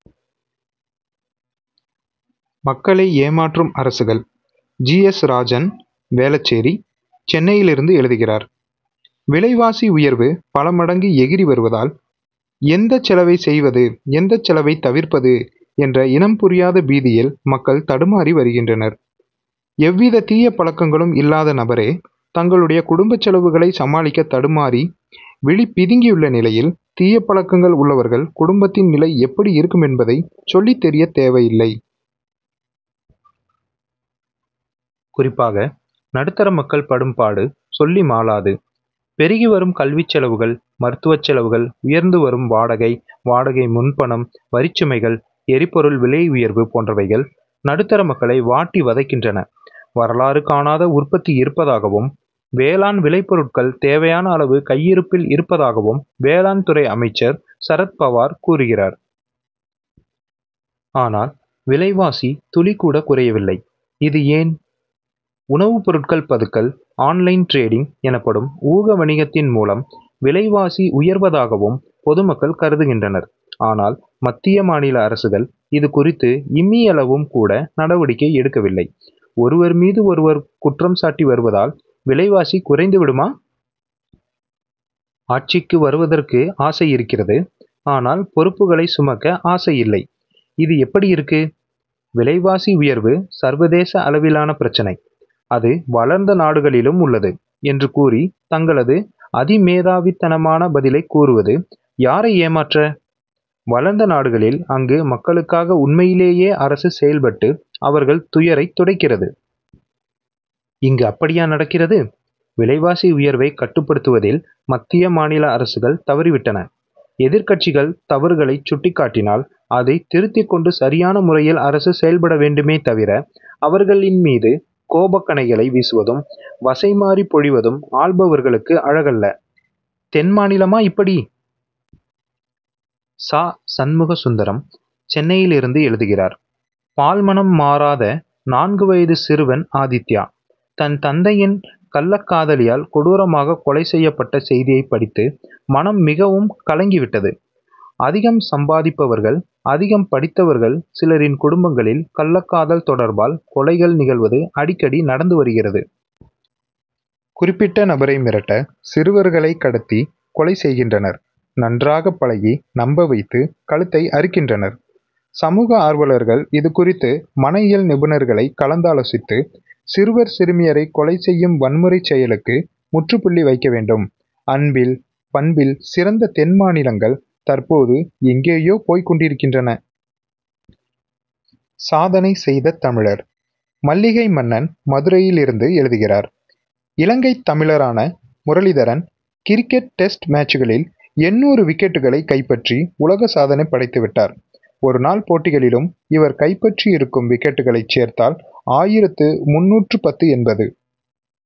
மக்களை ஏமாற்றும் அரசுகள்! ஜி. எஸ். ராஜன், வேளச்சேரி, சென்னையிலிருந்து எழுதுகிறார்: விலைவாசி உயர்வு பல மடங்கு எகிறி வருவதால், எந்தச் செலவை செய்வது, எந்தச் செலவைத் தவிர்ப்பது என்ற இனம் புரியாத பீதியில் மக்கள் தடுமாறி வருகின்றனர். எவ்வித தீய பழக்கங்களும் இல்லாத நபரே, தங்களுடைய குடும்பச் செலவுகளை சமாளிக்க தடுமாறி, விழி பிதுங்கியுள்ள நிலையில், தீயபழக்கங்கள் உள்ளவர்கள் குடும்பத்தின் நிலை எப்படி இருக்குமென்பதை சொல்லித் தெரிய தேவையில்லை. குறிப்பாக, நடுத்தர மக்கள் படும்பாடு சொல்லிமாளாது. பெருகி வரும் கல்விச் செலவுகள், மருத்துவச் செலவுகள், உயர்ந்து வரும் வாடகை, வாடகை முன்பணம், வரிச் சுமைகள், எரிபொருள் விலை உயர்வு போன்றவைகள், நடுத்தர மக்களை வாட்டி வதைக்கின்றன. வரலாறு காணாத உற்பத்தி இருப்பதாகவும், வேளாண் விளை பொருட்கள் தேவையான அளவு கையிருப்பில் இருப்பதாகவும், வேளாண் துறை அமைச்சர் சரத்பவார் கூறுகிறார். ஆனால், விலைவாசி துளிகூட குறையவில்லை. இது ஏன்? உணவுப் பொருட்கள் பதுக்கல், ஆன்-லைன் டிரேடிங் எனப்படும் ஊக வணிகத்தின் மூலம், விலைவாசி உயர்வதாகவும் பொதுமக்கள் கருதுகின்றனர். ஆனால், மத்திய, மாநில அரசுகள், இது குறித்து இம்மியளவு கூட நடவடிக்கை எடுக்கவில்லை. ஒருவர் மீது ஒருவர் குற்றம் சாட்டி வருவதால், விலைவாசி குறைந்து விடுமா? ஆட்சிக்கு வருவதற்கு ஆசை இருக்கிறது; ஆனால், பொறுப்புகளை சுமக்க ஆசை இல்லை. இது எப்படி இருக்கு? "விலைவாசி உயர்வு, சர்வதேச அளவிலான பிரச்னை. அது வளர்ந்த நாடுகளிலும் உள்ளது' என்று கூறி, தங்களது அதிமேதாவித்தனமான பதிலைக் கூறுவது, யாரை ஏமாற்ற? வளர்ந்த நாடுகளில், அங்கு மக்களுக்காக உண்மையிலேயே அரசு செயல்பட்டு, அவர்கள் துயரைத் துடைக்கிறது. இங்கு அப்படியா நடக்கிறது? விலைவாசி உயர்வைக் கட்டுப்படுத்துவதில், மத்திய, மாநில அரசுகள் தவறி விட்டன. எதிர்க்கட்சிகள் தவறுகளைச் சுட்டிக் காட்டினால், அதைத் திருத்திக் கொண்டு சரியான முறையில் அரசு செயல்பட வேண்டுமே தவிர, அவர்களின் மீது கோபக்கணைகளை வீசுவதும், வசைமாரி பொழிவதும், ஆள்பவர்களுக்கு அழகல்ல. தென் மாநிலமா இப்படி! ச. சண்முக சுந்தரம், சென்னையிலிருந்து எழுதுகிறார்: பால் மணம் மாறாத, நான்கு வயது சிறுவன் ஆதித்யா, தன் தந்தையின் கள்ளக் காதலியால் கொடூரமாக கொலை செய்யப்பட்ட செய்தியை படித்து, மனம் மிகவும் கலங்கி விட்டது. அதிகம் சம்பாதிப்பவர்கள், அதிகம் படித்தவர்கள் சிலரின் குடும்பங்களில், கள்ளக்காதல் தொடர்பால், கொலைகள் நிகழ்வது அடிக்கடி நடந்து வருகிறது. குறிப்பிட்ட நபரை மிரட்ட சிறுவர்களை கடத்தி கொலை செய்கின்றனர். நன்றாக பழகி, நம்ப வைத்து கழுத்தை அறுக்கின்றனர். சமூக ஆர்வலர்கள் இது குறித்து, மன இயல் நிபுணர்களை கலந்து ஆலோசித்து, சிறுவர், சிறுமியரை கொலை செய்யும் வன்முறை செயலுக்கு முற்றுப்புள்ளி வைக்க வேண்டும். அன்பில், பண்பில் சிறந்த தென் மாநிலங்கள், தற்போது எங்கேயோ போய்க் கொண்டிருக்கின்றன. சாதனை செய்த தமிழர்! மல்லிகை மன்னன், மதுரையிலிருந்து எழுதுகிறார்: இலங்கைத் தமிழரான முரளிதரன், கிரிக்கெட் டெஸ்ட் மேட்சுகளில் எண்ணூறு விக்கெட்டுகளைக் கைப்பற்றி, உலக சாதனை படைத்து விட்டார். ஒரு நாள் போட்டிகளிலும் இவர் கைப்பற்றியிருக்கும் விக்கெட்டுகளைச் சேர்த்தால், ஆயிரத்து முந்நூற்று பத்து என்பது